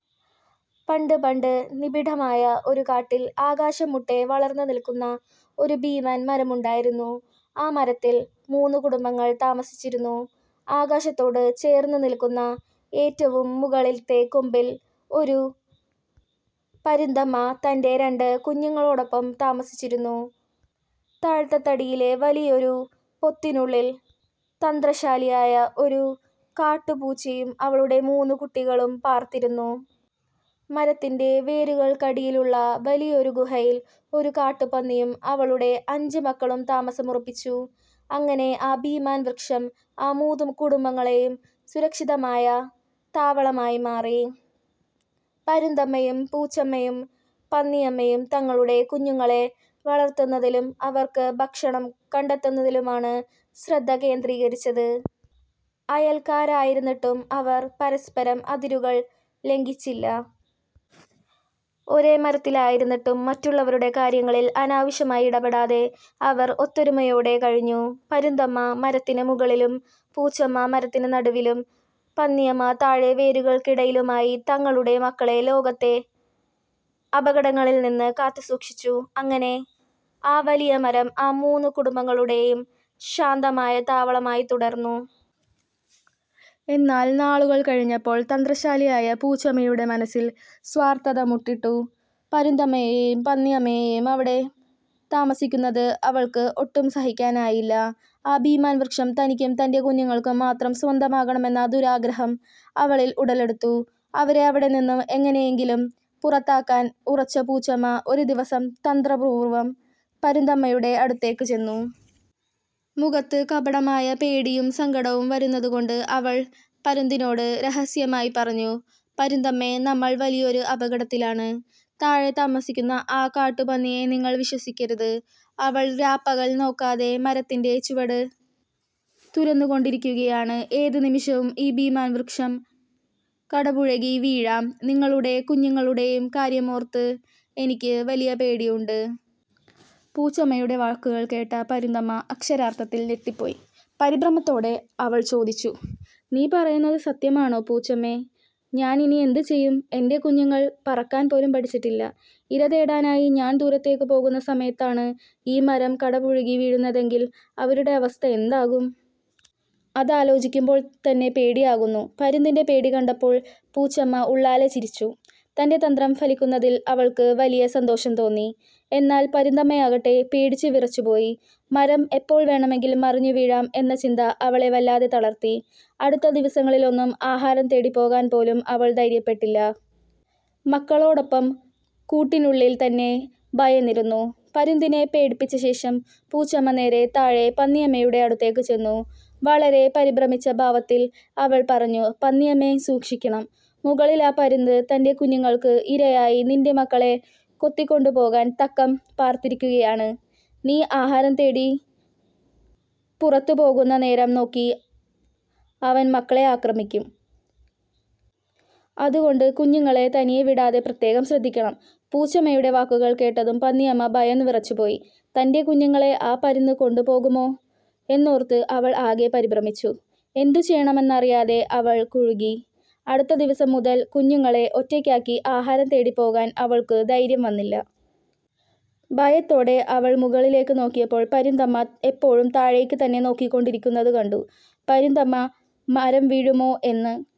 പണ്ട് പണ്ട്, നിബിഡമായ ഒരു കാട്ടിൽ ആകാശം മുട്ടെ വളർന്നു നിൽക്കുന്ന ഒരു ഭീമൻ മരമുണ്ടായിരുന്നു. ആ മരത്തിൽ മൂന്ന് കുടുംബങ്ങൾ താമസിച്ചിരുന്നു. ആകാശത്തോട് ചേർന്നു നിൽക്കുന്ന ഏറ്റവും മുകളിലത്തെ കൊമ്പിൽ, ഒരു പരുന്തമ്മ തന്റെ രണ്ട് കുഞ്ഞുങ്ങളോടൊപ്പം വസിച്ചിരുന്നു. തായ്ത്തടിയിലെ വലിയൊരു പൊത്തിനുള്ളിൽ, തന്ത്രശാലിയായ ഒരു കാട്ടുപൂച്ചയും അവളുടെ മൂന്ന് കുട്ടികളും പാർത്തിരുന്നു. മരത്തിന്റെ വേരുകൾക്കിടയിലുള്ള വലിയൊരു ഗുഹയിൽ, ഒരു കാട്ടുപന്നിയും അവളുടെ അഞ്ച് മക്കളും താമസമുറപ്പിച്ചു. അങ്ങനെ ആ ഭീമൻ വൃക്ഷം ആ മൂന്ന് കുടുംബങ്ങളുടെയും സുരക്ഷിതമായ താവളമായി മാറി. പരുന്തമ്മയും പൂച്ചമ്മയും പന്നിയമ്മയും തങ്ങളുടെ കുഞ്ഞുങ്ങളെ വളർത്തുന്നതിലും അവർക്ക് ഭക്ഷണം കണ്ടെത്തുന്നതിലുമാണ് ശ്രദ്ധ കേന്ദ്രീകരിച്ചത്. അയൽക്കാരായിരുന്നിട്ടും അവർ പരസ്പരം അതിരുകൾ ലംഘിച്ചില്ല. ഒരേ മരത്തിലായിരുന്നിട്ടും മറ്റുള്ളവരുടെ കാര്യങ്ങളിൽ അനാവശ്യമായി ഇടപെടാതെ അവർ ഒത്തൊരുമയോടെ കഴിഞ്ഞു. പരുന്തമ്മ മരത്തിനു മുകളിലും, പൂച്ചമ്മ മരത്തിന് നടുവിലും, പന്നിയമ്മ താഴെ വേരുകൾക്കിടയിലുമായി തങ്ങളുടെ മക്കളെ ലോകത്തെ അപകടങ്ങളിൽ നിന്ന് കാത്തുസൂക്ഷിച്ചു. അങ്ങനെ ആ വലിയ മരം ആ മൂന്ന് കുടുംബങ്ങളുടെയും ശാന്തമായ താവളമായി തുടർന്നു. എന്നാൽ നാളുകൾ കഴിഞ്ഞപ്പോൾ, തന്ത്രശാലിയായ പൂച്ചമ്മയുടെ മനസ്സിൽ സ്വാർത്ഥത മൊട്ടിട്ടു. പരുന്തമ്മയും പന്നിയമ്മയും അവിടെ താമസിക്കുന്നത് അവൾക്ക് ഒട്ടും സഹിക്കാനായില്ല. ആ ഭീമൻ വൃക്ഷം തനിക്കും തന്റെ കുഞ്ഞുങ്ങൾക്കും മാത്രം സ്വന്തമാകണമെന്ന ദുരാഗ്രഹം അവളിൽ ഉടലെടുത്തു. അവരെ അവിടെനിന്നും എങ്ങനെയെങ്കിലും പുറത്താക്കാൻ ഉറച്ച പൂച്ചമ്മ, ഒരു ദിവസം തന്ത്രപൂർവം പരുന്തമ്മയുടെ അടുത്തേക്ക് ചെന്നു. മുഖത്ത് കപടമായ പേടിയും സങ്കടവും വരുത്തിക്കൊണ്ട് അവൾ പരുന്തിനോട് രഹസ്യമായി പറഞ്ഞു: "പരുന്തമ്മേ, നമ്മൾ വലിയൊരു അപകടത്തിലാണ്. താഴെ താമസിക്കുന്ന ആ കാട്ടുപന്നിയെ നിങ്ങൾ വിശ്വസിക്കരുത്. അവൾ രാപകൽ നോക്കാതെ മരത്തിന്റെ ചുവട് തുരന്നുകൊണ്ടിരിക്കുകയാണ്. ഏതു നിമിഷവും ഈ ഭീമൻ വൃക്ഷം കടപുഴകി വീഴാം! നിങ്ങളുടെ കുഞ്ഞുങ്ങളുടെ കാര്യമോർത്ത് എനിക്ക് വലിയ പേടിയുണ്ട്. " പൂച്ചമ്മയുടെ വാക്കുകൾ കേട്ട പരുന്തമ്മ അക്ഷരാർത്ഥത്തിൽ ഞെട്ടിപ്പോയി. പരിഭ്രമത്തോടെ അവൾ ചോദിച്ചു "നീ പറയുന്നത് സത്യമാണോ പൂച്ചമ്മേ? ഞാൻ ഇനി എന്ത് ചെയ്യും? എന്റെ കുഞ്ഞുങ്ങൾ പറക്കാൻ പോലും പഠിച്ചിട്ടില്ല. ഇര തേടാനായി ഞാൻ ദൂരേക്ക് പോകുന്ന സമയത്താണ് ഈ മരം കടപുഴകി വീഴുന്നതെങ്കിൽ അവരുടെ അവസ്ഥ എന്താകും? അത് ആലോചിക്കുമ്പോൾ തന്നെ പേടിയാകുന്നു. " പരുന്തിന്റെ പേടി കണ്ടപ്പോൾ പൂച്ചമ്മ ഉള്ളാലെ ചിരിച്ചു. തന്റെ തന്ത്രം ഫലിക്കുന്നതിൽ അവൾക്ക് വലിയ സന്തോഷം തോന്നി. എന്നാൽ പരുന്തമ്മയാകട്ടെ, പേടിച്ച് വിറച്ചുപോയി. മരം എപ്പോൾ വേണമെങ്കിലും മറിഞ്ഞു വീഴാം എന്ന ചിന്ത അവളെ വല്ലാതെ തളർത്തി. അടുത്ത ദിവസങ്ങളിലൊന്നും ആഹാരം തേടിപ്പോകാൻ പോലും അവൾ ധൈര്യപ്പെട്ടില്ല. മക്കളോടൊപ്പം കൂട്ടിനുള്ളിൽ തന്നെ ഭയന്നിരുന്നു. പരുന്തിനെ പേടിപ്പിച്ച ശേഷം പൂച്ചമ്മ നേരെ താഴെ പന്നിയമ്മയുടെ അടുത്തേക്ക് ചെന്നു. വളരെ പരിഭ്രമിച്ച ഭാവത്തിൽ അവൾ പറഞ്ഞു: "പന്നിയമ്മേ, സൂക്ഷിക്കണം! മുകളിൽ ആ പരുന്ത് തന്റെ കുഞ്ഞുങ്ങൾക്ക് ഇരയായി നിന്റെ മക്കളെ കൊത്തിക്കൊണ്ടുപോകാൻ തക്കം പാർത്തിരിക്കുകയാണ്. നീ ആഹാരം തേടി പുറത്തുപോകുന്ന നേരം നോക്കി അവൻ മക്കളെ ആക്രമിക്കും. അതുകൊണ്ട് കുഞ്ഞുങ്ങളെ തനിയെ വിടാതെ പ്രത്യേകം ശ്രദ്ധിക്കണം! " പൂച്ചമ്മയുടെ വാക്കുകൾ കേട്ടതും പന്നിയമ്മ ഭയന്നുവിറച്ചുപോയി. തന്റെ കുഞ്ഞുങ്ങളെ ആ പരുന്ത് കൊത്തിക്കൊണ്ടു പോകുമോ എന്നോർത്ത് അവൾ ആകെ പരിഭ്രമിച്ചു. എന്തു ചെയ്യണമെന്നറിയാതെ അവൾ കുഴങ്ങി. അടുത്ത ദിവസം മുതൽ കുഞ്ഞുങ്ങളെ ഒറ്റയ്ക്കാക്കി ആഹാരം തേടിപ്പോകാൻ അവൾക്കും ധൈര്യം വന്നില്ല. ഭയത്തോടെ അവൾ മുകളിലേക്ക് നോക്കിയപ്പോൾ, പരുന്തമ്മ എപ്പോഴും താഴേക്ക് തന്നെ ഉറ്റുനോക്കിയിരിക്കുന്നത് കണ്ടു. പരുന്തമ്മ മരം വീഴുമോ എന്ന്